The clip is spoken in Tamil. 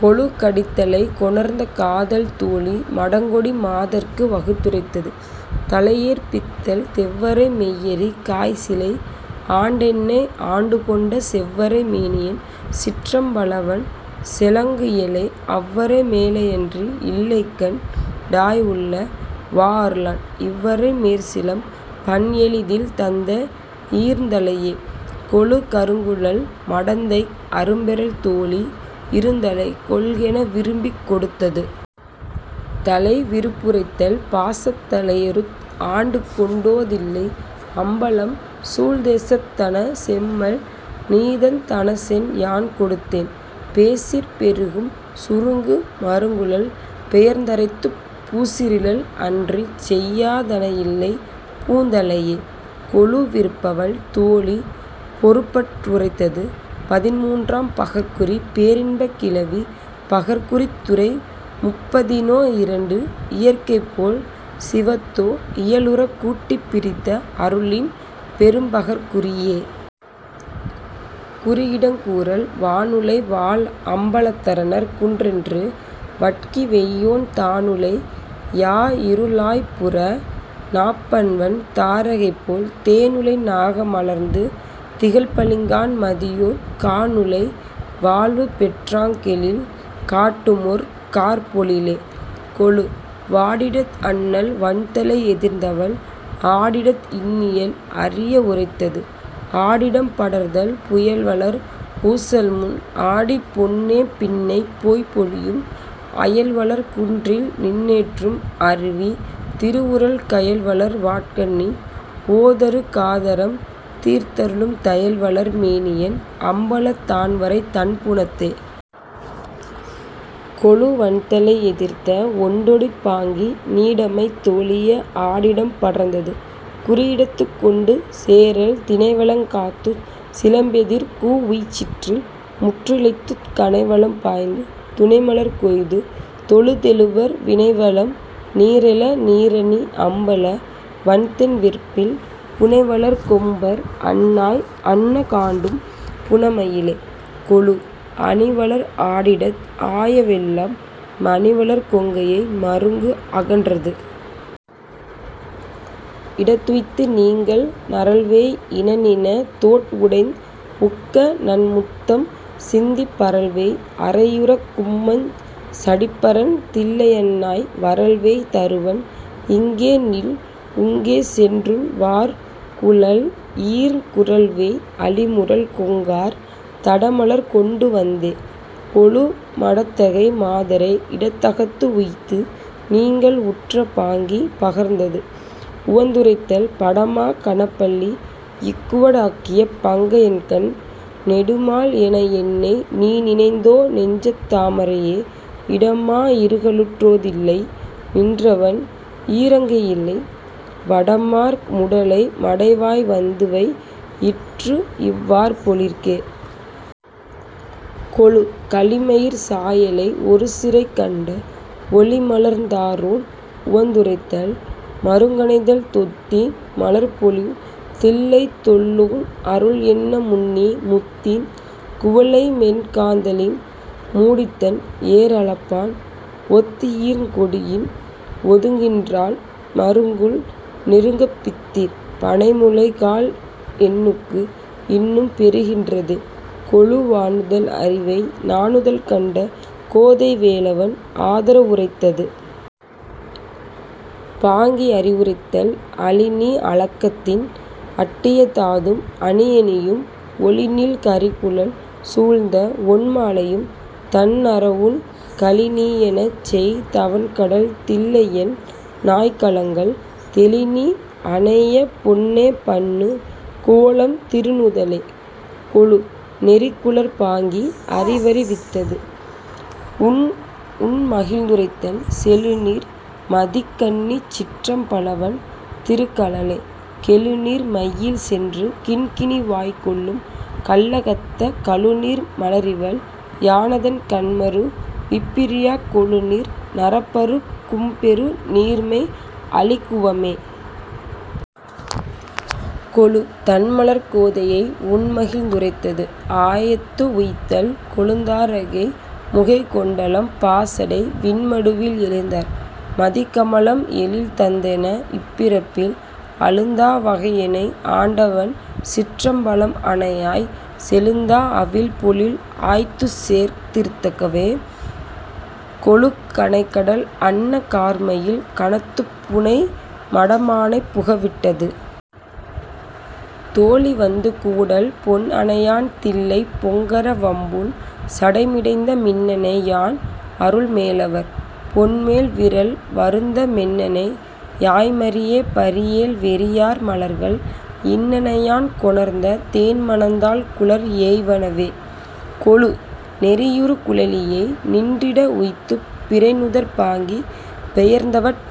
கொளு கடித்தழை கொணர்ந்த காதல் தோழி மடக்கொடி மாதர்க்கு வகுத்துரைத்தது.. தழையேற்பித்தல் தெவ்வரை மெய்யெரி காய்சிலை ஆண்டென்னை ஆண்டுகொண்ட செவ்வரை மேனியன் சிற்றம் பலவன் செழுங்கயிலை அவ்வரை மேலன்றி யில்லைகண் டாய்உள்ள வாஅருளான்। இவ்வரை மேற்சிலம் பன்எளி தில்தந்த ஈர்ந்தழையே... கொளு கருங்குழல் மடந்தைக் அரும்பெறல் தோழி இருந்தழை கொள்கென விரும்பிக் கொடுத்தது.. தழை விருப்புரைத்தல் பாசத் தளையறுத் ஆண்டுகொண் டோன்தில்லை அம்பலம் சூழ் தேசத் தனசெம்மல் நீதந் தனசென் யான்கொடுத்தேன் பேசிற் பெருகும் சுருங்கு மருங்குழல் பெயர்ந்தரைத்துப் பூசிற் றிலள்அன்றிச் செய்யா தனஇல்லை பூந்தழையே... கொளு விருப்பவள் தோழி பொருப்பற் உரைத்தது. பதின்மூன்றாம். பகற்குறி பேரின்பக் கிளவி பகற்குறித் துறைமுப் பதினோ இரண்டு இயற்கைபோல் சிவத்தோ இயலுறுக் கூட்டிப் பிரித்த அருளின் பெரும்பகற் குறியே.. குறியிடங் கூறல் வானுழை வாள்அம்ப லத்தரன் குன்றென்று வட்கிவெய்யோன் தானுழை யாஇரு ளாய்ப்புற நாப்பண்வண் தாரகை போல் தேனுழை நாக மலர்ந்து திகழ்பளிங் கான்மதியோன் கானுழை வாழ்வுபெற் றாங்கெழில் காட்டுமொர் கார்ப்பொழிலே... கொளு வாடிடத் அண்ணல் வண்தழை எதிர்ந்தவள் ஆடிடத் இன்னியல் அறிய உரைத்தது.. ஆடிடம் படர்தல் புயல்வளர் ஊசல்முன் ஆடிப்பொன் னேபின்னைப் போய்ப்பொலியும் அயல்வளர் குன்றில்நின் றேற்றும் அருவி திருவுருவில் கயல்வளர் வாட்கண்ணி போதரு காதரம் தீர்த்தருளும் தயல்வளர் மேனியன் அம்பலத் தான்வரைத் தண்புனத்தே... கொளு வண்தழை எதிர்த்த ஒண்டொடிப் பாங்கி நீடமைத் தோளிய ஆடிடம் படர்ந்தது.. குறியிடத்துக் கொண்டு சேறல் தினைவளங் காத்துச் சிலம்பெதிர் கூஉய்ச்சிற்றில் முற்றிழைத்துச் கனைவளம் பாய்ந்து துணைமலர் கொய்து தொழுதெழுவர் வினைவளம் நீறெழ நீறணி அம்பல வன்தன்வெற்பில் புனைவளர் கொம்பர்அன் னாய்அன்ன காண்டும் புனமயிலே... கொளு அணிவளர் ஆடிடத் ஆய வெள்ளம் மணிவளர் கொங்கையை மருங்குஅ கன்றது.. இடத்துய்த்து நீங்கல் நரல்வேய் இனநின தோட்உடைந் உக்கநன் முத்தம்சிந்திப் பரல்வேய் அறையுறைக் கும்பஞ் சடிப்பரன் தில்லையன்னாய் வரல்வேய் தருவன்இங் கேநில்உங் கேசென்றுன் வார்குழற்ஈர்ங் குரல்வேய் அளிமுரல் கொங்கார் தடமலர் கொண்டுவந்தே... கொளு மடத்தகை மாதரை இடத்தகத்து உய்த்து நீங்கல் உற்ற பாங்கி பகர்ந்தது.. உவந்துரைத்தல் படமா கணப்பள்ளி இக்குவ டாக்கியப் பங்கயக்கண் நெடுமால் எனஎன்னை நீநினைந் தோநெஞ்சத் தாமரையே இடமா இருக்கலுற் றோதில்லை நின்றவன் ஈர்ங்கயிலை வடமார் முலைமட வாய்வந்து வைஇற்றுஇவ் வார்பொழிற்கே... கொளு களிமயிற் சாயலை ஒருசிறைக் கண்ட ஒளிமலர்த் தாரோன் உவந்துரைத்தல்.. மருங்கணைதல் தொத்தீன் மலர்ப்பொழில் தில்லைத்தொல் லோன்அருள் என்னமுன்னி முத்தீன் குவளைமென் காந்தளின் மூடித்தன் ஏர்அளப்பான் ஒத்ஈர்ங் கொடியின் ஒதுங்குகின் றாள்மருங் குல்நெருங்கப் பித்தீர் பணைமுலை காள்என்னுக்கு இன்னும் பெருக்கின்றதே... கொளு வாணுதல் அரிவை நாணுதல் கண்ட கோதை வேலவன் ஆதர வுரைத்தது.. பாங்கியறிவுரைத்தல் அளிநீ அளகத்தின் அட்டிய தாதும் அணியணியும் ஒளிநீள் கரிகுழல் சூழ்ந்தஒண் மாலையும் தண்நறவுண் களிநீ யெனச்செய் தவன்கடல் தில்லையன் னாய்கலங்கல் தெளிநீ அனையபொன் னேபண்ணு கோலம் திருநுதலே... கொளு நெறி குழற் பாங்கி அறிவறி வித்தது.. உண்மகிழ்ந்துரைத்தல் செழுநீர் மதிக்கண்ணிச் சிற்றம் பலவன் திருக்கழலே கெழுநீர் மையில்சென்று கிண்கிணி வாய்க் கொள்ளும் கள்ளகத்த கழுநீர் மலரிவள் யானதன் கண்மரு விப்பிரியாக் கொழுநீர் நறப்பரு கும்பெரு நீர்மை அளிகுவமே... கொளு தண்மலர்க் கோதையை உண்மகிழ்ந் உரைத்தது.. ஆயத்து உய்த்தல் கொழுந்தா ரகைமுகை கொண்டலம் பாசடை விண்மடுவில் எழுந்தார் மதிக்கம லம்எழில் தந்தென இப்பிறப்பில் அழுந்தா வகையெனை ஆண்டவன் சிற்றம் பலம்அனையாய் செழுந்தா அவிழ்பொழில் ஆயத்துச் சேர்க் திருத்தகவே... கொளு கனைகடல் அன்ன கார்மயில் கணத்துப் புனைமட மானைப் புகவிட்டது.. தோழி வந்து கூடல் பொன்அனை யான்தில்லைப் பொங்கர வம்புன் சடைமிடைந்த மின்னனை யான்அருள் மேலவர் போன்மெல் விரல் வருந்த மென்னனை யாய்மறி யேபறி யேல்வெறி யார்மலர்கள் இன்னன யான்கொணர்ந் தேன்மணந் தாழ்குழற் ஏய்வனவே... கொளு நெறியுறு குழலியை நின்றிடத் உய்த்துப் பிறைநுதற் பாங்கி பெயர்ந்தவட் உரைத்தது..